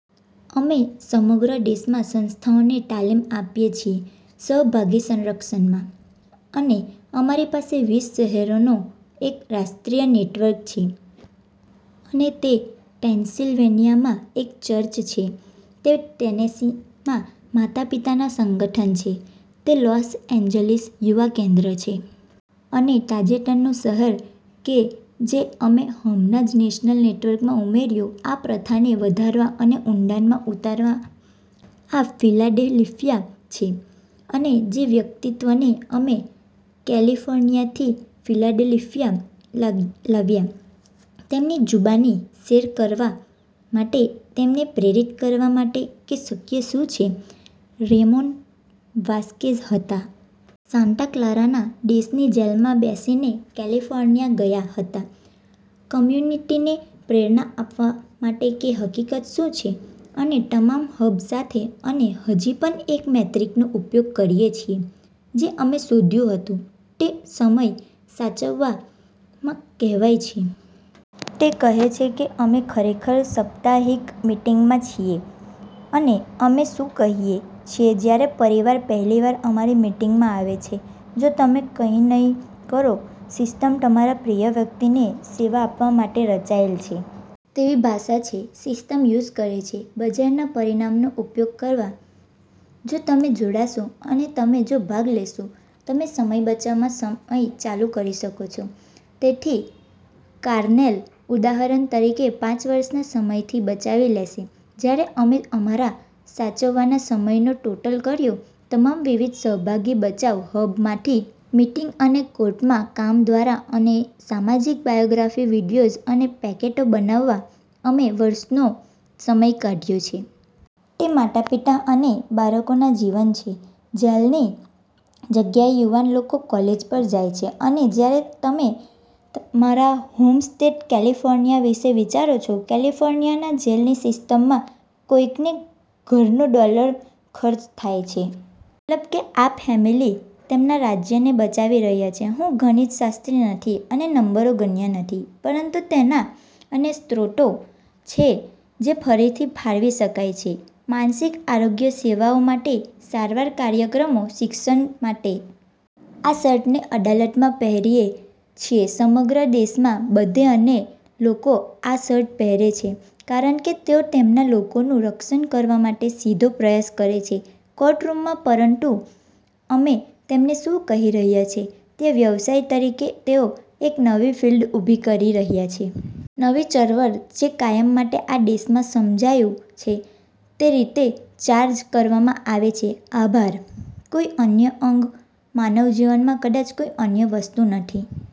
અમે સમગ્ર દેશમાં સંસ્થાઓને તાલીમ આપીએ છીએ સહભાગી સંરક્ષણમાં. અને અમારી પાસે વીસ શહેરોનો એક રાષ્ટ્રીય નેટવર્ક છે. અને તે પેન્સિલવેનિયામાં એક ચર્ચ છે. તે ટેનેસીમાં માતા-પિતાના સંગઠન છે. તે લોસ એન્જલિસ યુવા કેન્દ્ર છે. અને તાજેતરનું શહેર કે જે અમે હમણાં જ નેશનલ નેટવર્કમાં ઉમેર્યું આ પ્રથાને વધારવા અને ઊંડાણમાં ઉતારવા આ ફિલાડેલ્ફિયા છે. અને જે વ્યક્તિને અમે કેલિફોર્નિયાથી ફિલાડેલ્ફિયા લાવ્યા તેમની જુબાની શેર કરવા માટે, તેમને પ્રેરિત કરવા માટે કે શક્ય શું છે, રેમોન વાસકેઝ હતા. સાંતા ક્લારાના દેશની જેલમાં બેસીને કેલિફોર્નિયા ગયા હતા કમ્યુનિટીને પ્રેરણા આપવા માટે કે હકિકત શું છે. અને તમામ હબ સાથે અને હજી પણ એક મેટ્રિકનો ઉપયોગ કરીએ છીએ જે અમે શોધ્યું હતું. તે સમય સાચવવામાં કહેવાય છે. તે કહે છે કે અમે ખરેખર સપ્તાહિક મીટીંગમાં છીએ. અને અમે શું કહીએ છીએ જ્યારે પરિવાર પહેલીવાર અમારી મીટીંગમાં આવે છે. જો તમે કઈ નહિ કરો. સિસ્ટમ તમારા પ્રિય વ્યક્તિને સેવા આપવા માટે રચાયેલ છે. તેવી ભાષા છે, સિસ્ટમ યુઝ કરે છે, બજારના પરિણામનો ઉપયોગ કરવા. જો તમે જોડાશો અને તમે જો ભાગ લેશો, તમે સમય બચાવવામાં સમય ચાલુ કરી શકો છો. તેથી કારનેલ ઉદાહરણ તરીકે પાંચ વર્ષના સમયથી બચાવી લેશે જ્યારે અમે અમારા સાચવવાના સમયનો ટોટલ કર્યો તમામ વિવિધ સહભાગી બચાવ હબ માંથી, મીટીંગ અને કોર્ટમાં કામ દ્વારા અને સામાજિક બાયોગ્રાફી વિડિયોઝ અને પેકેટો બનાવવા, અમે વર્ષનો સમય કાઢ્યો છે. તે માતા-પિતા અને બાળકોના જીવન છે. જેલની જગ્યાએ યુવાન લોકો કોલેજ પર જાય છે અને જ્યારે તમે મારા હોમ સ્ટેટ કેલિફોર્નિયા વિશે વિચારો છો, કેલિફોર્નિયાના જેલની સિસ્ટમમાં કોઈકને ઘરનો ડોલર ખર્ચ થાય છે. મતલબ કે આ ફેમિલી તેમના રાજ્યને બચાવી રહ્યા છે. હું ગણિતશાસ્ત્રી નથી અને નંબરો ગણ્યા નથી, પરંતુ તેનાં અને સ્ત્રોતો છે જે ફરીથી ફાળવી શકાય છે માનસિક આરોગ્ય સેવાઓ માટે, સારવાર કાર્યક્રમો શિક્ષણ માટે. આ શર્ટને અદાલતમાં પહેરીએ છીએ સમગ્ર દેશમાં બધે અને લોકો આ શર્ટ પહેરે છે કારણ કે તેઓ તેમના લોકોનું રક્ષણ કરવા માટે સીધો પ્રયાસ કરે છે કોર્ટ રૂમમાં પરંતુ અમે તમને શું કહી રહ્યા છે તે વ્યવસાય તરીકે તેઓ એક નવી ફિલ્ડ ઊભી કરી રહ્યા છે. નવી ચળવળ, જે કાયમ માટે આ દેશમાં સમજાયું છે તે રીતે ચાર્જ કરવામાં આવે છે. આભાર! કોઈ અન્ય અંગ, માનવ જીવનમાં કદાચ કોઈ અન્ય વસ્તુ નથી.